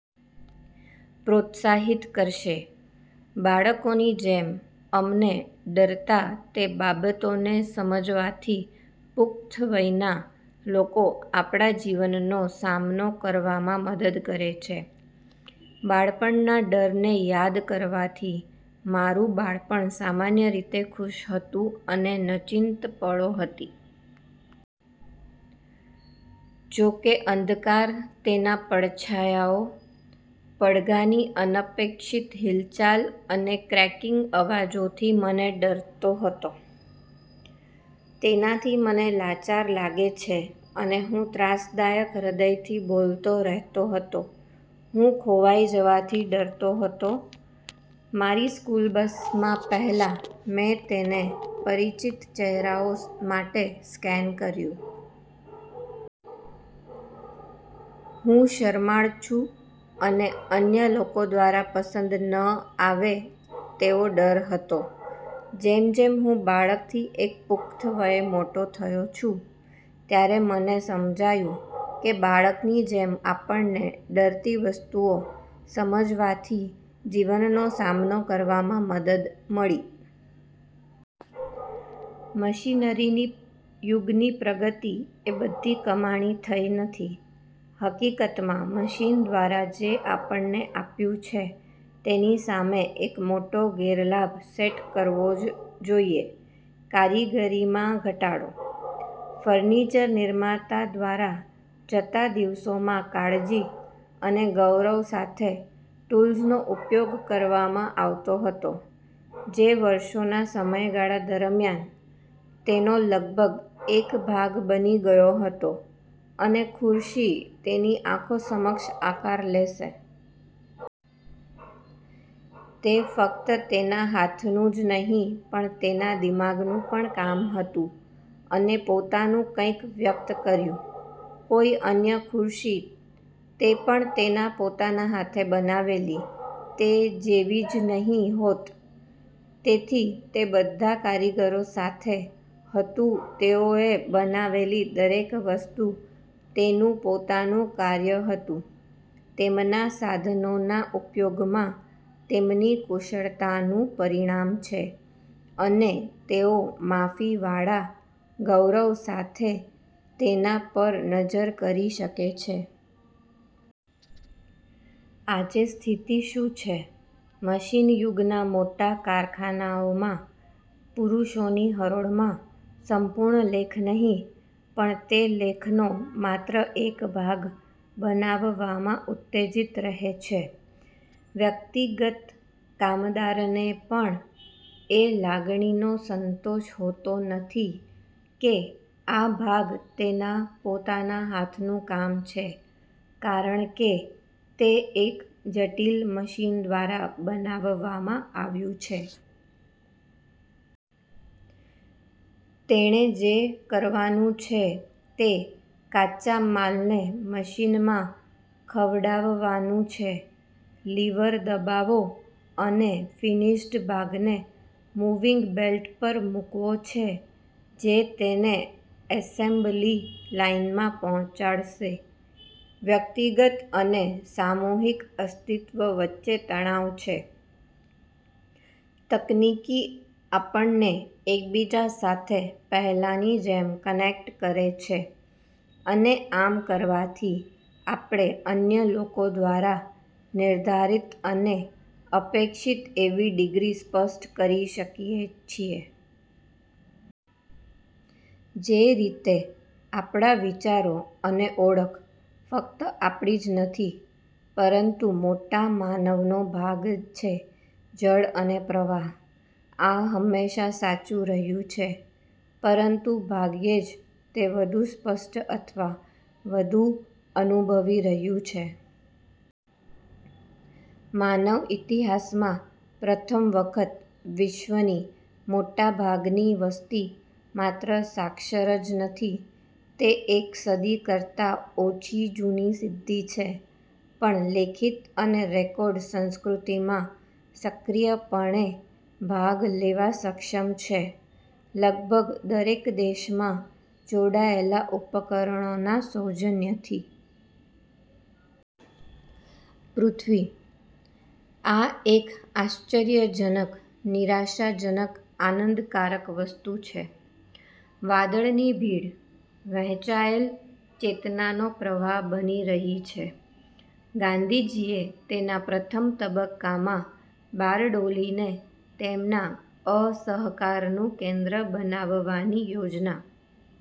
પ્રોત્સાહિત કરશે. બાળકોની જેમ અમને ડરતા તે બાબતોને સમજવાથી પુખ્ત વયના લોકો આપણા જીવનનો સામનો કરવામાં મદદ કરે છે. બાળપણના ડરને યાદ કરવાથી મારું બાળપણ સામાન્ય રીતે ખુશ હતું અને નચિંત પળો હતી. જો કે, અંધકાર તેના પડછાયાઓ, પડધાની અનપેક્ષિત હિલચાલ અને ક્રેકીંગ અવાજોથી મને ડરતો હતો. તેનાથી મને લાચાર લાગે છે અને હું ત્રાસદાયક હૃદયથી બોલતો રહેતો હતો. હું ખોવાઈ જવાથી ડરતો હતો. મારી સ્કૂલ બસમાં પહેલા, મેં તેને પરિચિત ચહેરાઓ માટે સ્કેન કર્યું. હું શરમાળ છું અને અન્ય લોકો દ્વારા પસંદ ન આવે તેવો ડર હતો. જેમ જેમ હું બાળકથી એક પુખ્ત વયે મોટો થયો છું, ત્યારે મને સમજાયું કે બાળકની જેમ આપણને ડરતી વસ્તુઓ સમજવાથી જીવનનો સામનો કરવામાં મદદ મળી. મશીનરીની યુગની પ્રગતિ એ બધી કમાણી થઈ નથી, હકીકતમાં મશીન દ્વારા જે આપણને આપ્યું છે તેની સામે એક મોટો ગેરલાભ સેટ કરવો જ જોઇએ કારીગરીમાં ઘટાડો. ફર્નિચર- નિર્માતા દ્વારા જતા દિવસોમાં કાળજી અને ગૌરવ સાથે ટૂલ્સનો ઉપયોગ કરવામાં આવતો હતો, જે વર્ષોના સમયગાળા દરમિયાન, તેનો લગભગ એક ભાગ બની ગયો હતો, અને ખુરશી તેની આંખો સમક્ષ આકાર લેશે. તે ફક્ત તેના હાથનું જ નહીં પણ તેના દિમાગનું પણ કામ હતું, અને પોતાનું કંઈક વ્યક્ત કર્યું. કોઈ અન્ય ખુરશી, તે પણ તેના પોતાના હાથે બનાવેલી, તે જેવી જ નહીં હોત. તેથી તે બધા કારીગરો સાથે હતું તેઓએ બનાવેલી દરેક વસ્તુ તેનું પોતાનું કાર્ય હતું, તેમના સાધનોના ઉપયોગમાં તેમની કુશળતાનું પરિણામ છે અને તેઓ માફીવાળા ગૌરવ સાથે તેના પર નજર કરી શકે છે. આજે સ્થિતિ શું છે? મશીન યુગના મોટા કારખાનાઓમાં, પુરુષોની હરોળમાં સંપૂર્ણ લેખ નહીં, પણ તે લેખનો માત્ર એક ભાગ બનાવવામાં ઉત્તેજીત રહે છે. વ્યક્તિગત કામદારને પણ એ લાગણીનો સંતોષ હોતો નથી કે આ ભાગ તેના પોતાના હાથનું કામ છે, કારણ કે તે એક જટિલ મશીન દ્વારા બનાવવામાં આવ્યું છે. તેણે જે કરવાનું છે તે કાચા માલને મશીનમાં ખવડાવવાનું છે, લિવર દબાવો અને ફિનિશ્ડ ભાગને મૂવિંગ બેલ્ટ પર મૂકવો છે, જે તેને એસેમ્બલી લાઇનમાં પહોંચાડશે. વ્યક્તિગત અને સામૂહિક અસ્તિત્વ વચ્ચે તણાવ છે. તકનીકી આપણને એકબીજા સાથે પહેલાંની જેમ કનેક્ટ કરે છે, અને આમ કરવાથી આપણે અન્ય લોકો દ્વારા નિર્ધારિત અને અપેક્ષિત એવી ડિગ્રી સ્પષ્ટ કરી શકીએ છીએ. જે રીતે આપણા વિચારો અને ઓળખ ફક્ત આપણી જ નથી, પરંતુ મોટા માનવનો ભાગ છે જડ અને પ્રવાહ. આ હંમેશાં સાચું રહ્યું છે પરંતુ ભાગ્યે જ તે વધુ સ્પષ્ટ અથવા વધુ અનુભવી રહ્યું છે. માનવ ઇતિહાસમાં પ્રથમ વખત, વિશ્વની મોટાભાગની વસ્તી માત્ર સાક્ષર જ નથી તે એક સદી કરતાં ઓછી જૂની સિદ્ધિ છે પણ લેખિત અને રેકોર્ડ સંસ્કૃતિમાં સક્રિયપણે ભાગ લેવા સક્ષમ છે, લગભગ દરેક દેશમાં જોડાયેલા ઉપકરણોના સૌજન્યથી. પૃથ્વી. આ એક આશ્ચર્યજનક, નિરાશાજનક, આનંદકારક વસ્તુ છે. વાદળની ભીડ, વહેંચાયેલ ચેતનાનો પ્રવાહ બની રહી છે. ગાંધીજીએ તેના પ્રથમ તબક્કામાં બારડોલીને તેમના અસહકારનું કેન્દ્ર બનાવવાની યોજના.